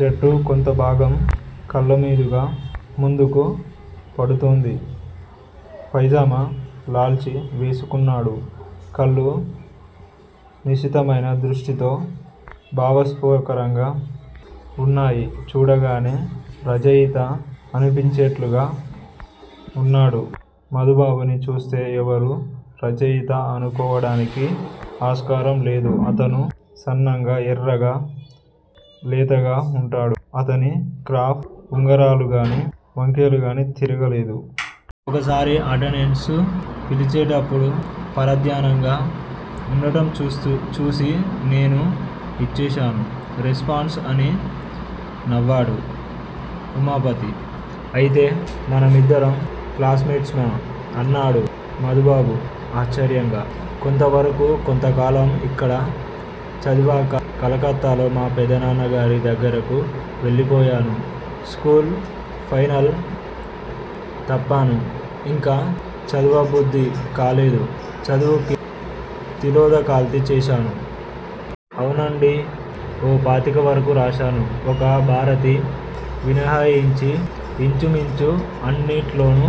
జుట్టు కొంతభాగం కళ్లమీదుగా ముందుకు పడుతోంది. పైజమా, లాల్చీ వేసుకున్నాడు. కళ్ళు నిశితమైన దృష్టితో, భావస్ఫోరకంగా వున్నాయి. చూడగానే రచయిత అనిపించేట్లుగా వున్నాడు. మధుబాబుని చూస్తే ఎవ్వరూ రచయిత అనుకోవడానికి ఆస్కారం లేదు. అతను సన్నగా, ఎర్రగా, లేతగా వుంటాడు. అతని క్రాఫ్ ఉంగరాలుగాని, వంకెలుగాని తిరగలేదు. ఓసారి అటెండెన్స్ పిలిచేటప్పుడు పరధ్యానంగా వుండటంచూసి నేను ఇచ్చేశాను రెస్పాన్స్ అని నవ్వాడు ఉమాపతి. అయితే మనమిద్దరం క్లాసుమెట్సుమా? అన్నాడు మధుబాబు ఆశ్చర్యంగా. కొంతవరకూ కొంతకాలం ఇక్కడ చదివాక కలకత్తాలో మా పెదనాన్నగారి దగ్గరకు వెళ్లిపోయాను. School final తప్పాను. ఇంక చదవబుద్ధి కాలేదు. చదువుకి తిలోదకాల్్తచ్చేశాను. ఔనండీ! ఓ పాతికవరకూ రాశాను. ఒక్క భారతి మినహాయించి, ఇంచుమించు అన్నిట్లోనూ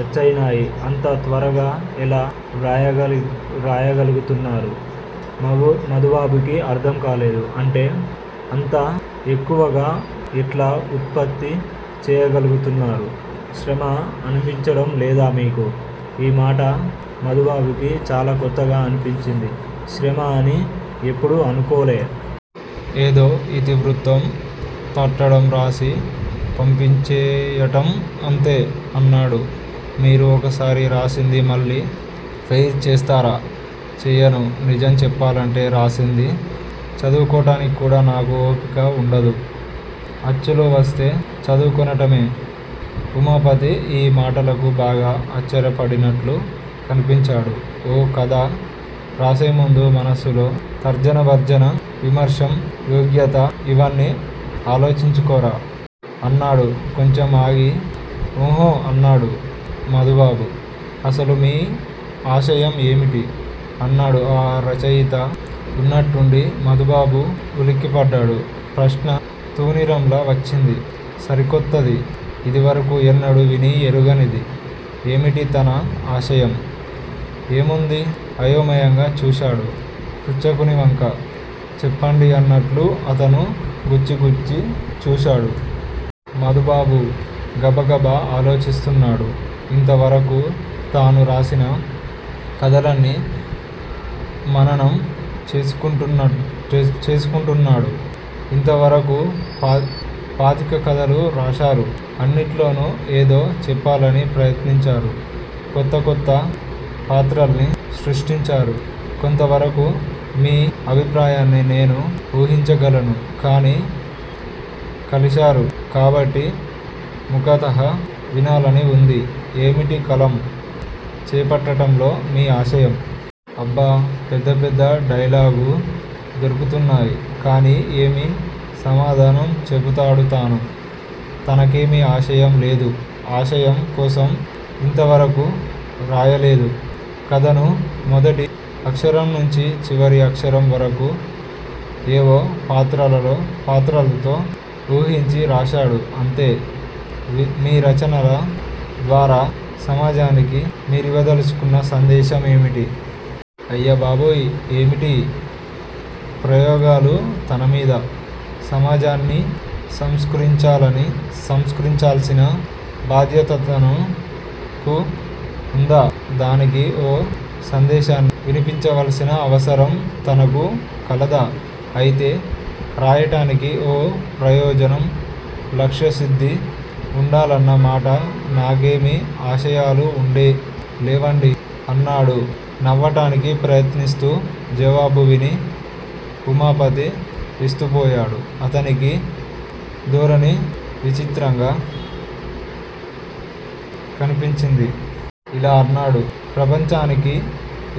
అచ్చయినాయి. అంత త్వరగా ఎలా వ్రాయగలుగుతున్నారు? మధుబాబుకి అర్థంకాలేదు. అంటే? అంత యెక్కువగా యెట్లా ఉత్పత్తి చేయగలుగుతున్నారు? శ్రమ అనిపించటం లేదా మీకు? ఈ మాట మధుబాబుకి చాలాకొత్తగా అనిపించింది. శ్రమ అని యెప్పుడూ అనుకోలే. ఏదో ఇతివృత్తం తట్టడం, రాసి పంపించేయటం అంతే అన్నాడు. మీరు ఒకసారి రాసింది మళ్ళీ ఫెయిర్ చేస్తారా? చెయ్యను. నిజం చెప్పాలంటే రాసింది చదువుకొనటానిక్కూడా నాకు ఓపిక వుండదు. అచ్చులో వస్తే చదువుకొనటమే. ఉమాపతి యీ మాటలకు బాగా ఆశ్చర్యపడినట్లు కనిపించాడు. ఓ కథ రాసేముందు మనసులో తర్జనభర్జన, విమర్శమ్ యోగ్యత ఇవన్నీ ఆలోచించుకోరా? అన్నాడు కొంచెం ఆగి. ఉహుఁ అన్నాడు మధుబాబు. అసలు మీ ఆశయం ఏమిటి? ' అన్నాడు ఆ రచయిత వున్నట్టుండి. మధుబాబు ఉలిక్కిపడ్డాడు. ప్రశ్న తూణీరంలా వచ్చింది. సరికొత్తది. యిదివరకు ఎన్నడూ విని యెరుగనిది. ఏమిటి తన ఆశయం? ఏముంది? అయోమయంగా చూశాడు పృచ్చకునివంక. చెప్పండి అన్నట్లు అతను గుచ్చి గుచ్చి చూశాడు. మధుబాబు గబగబ ఆలోచిస్తున్నాడు. ఇంతవరకు తాను రాసిన కథలన్నీ మననం చేసుకుంటున్నాడు. ఇంతవరకూ పాతిక కథలు రాశారు. అన్నిట్లోనూ ఏదో చెప్పాలని ప్రయత్నించారు. కొత్త కొత్త పాత్రల్ని సృష్టించారు. కొంతవరకు మీ అభిప్రాయాల్ని నేను వూహించగలను. కానీ కలిశారు కాబట్టి ముఖతః వినాలని వుంది. ఏమిటి కలం చేపట్టటంలో మీ ఆశయం? అబ్బ! పెద్ద పెద్ద డైలాగులు దొరుకుతున్నాయి. కాని ఏమి సమాధానం చెబుతాడు తాను! తనకేమీ ఆశయం లేదు. ఆశయం కోసం యింతవరకూ రాయలేదు. కథను మొదటి అక్షరంనుంచీ చివరి అక్షరం వరకూ ఏవో పాత్రలతో వూహించి రాశాడు అంతే. మీ రచనల ద్వారా సమాజానికి మీరివ్వదలచుకున్న సందేశమేమిటి? అయ్యబాబోయ్! ఏమిటీ ప్రయోగాలు తనమీద? సమాజాన్ని సంస్కరించాల్సిన బాధ్యతతనకు ఉందా? దానికి ఓ సందేశాన్ని వినిపించవలసిన అవసరం తనకు కలదా? ఐతే రాయటానికి ఓ ప్రయోజనం, లక్ష్యసిద్ధీ వుండాలన్న మాట. నాకేమీ ఆశయాలు లేవండీ అన్నాడు నవ్వటానికి ప్రయత్నిస్తూ. జవాబు విని ఉమాపతి విస్తుపోయాడు. అతనికీ ధోరణి విచిత్రంగా కన్పించింది. ఇలా అన్నాడు. ప్రపంచానికి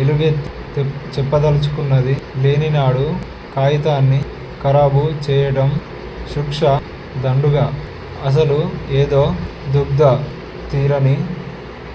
ఎలుగెత్తి చెప్పదల్చుకున్నది లేనినాడు కాయితాన్ని ఖరాబు చేయటం శుష్క దండుగ. అసలు ఏదో దుగ్ధ, తీరని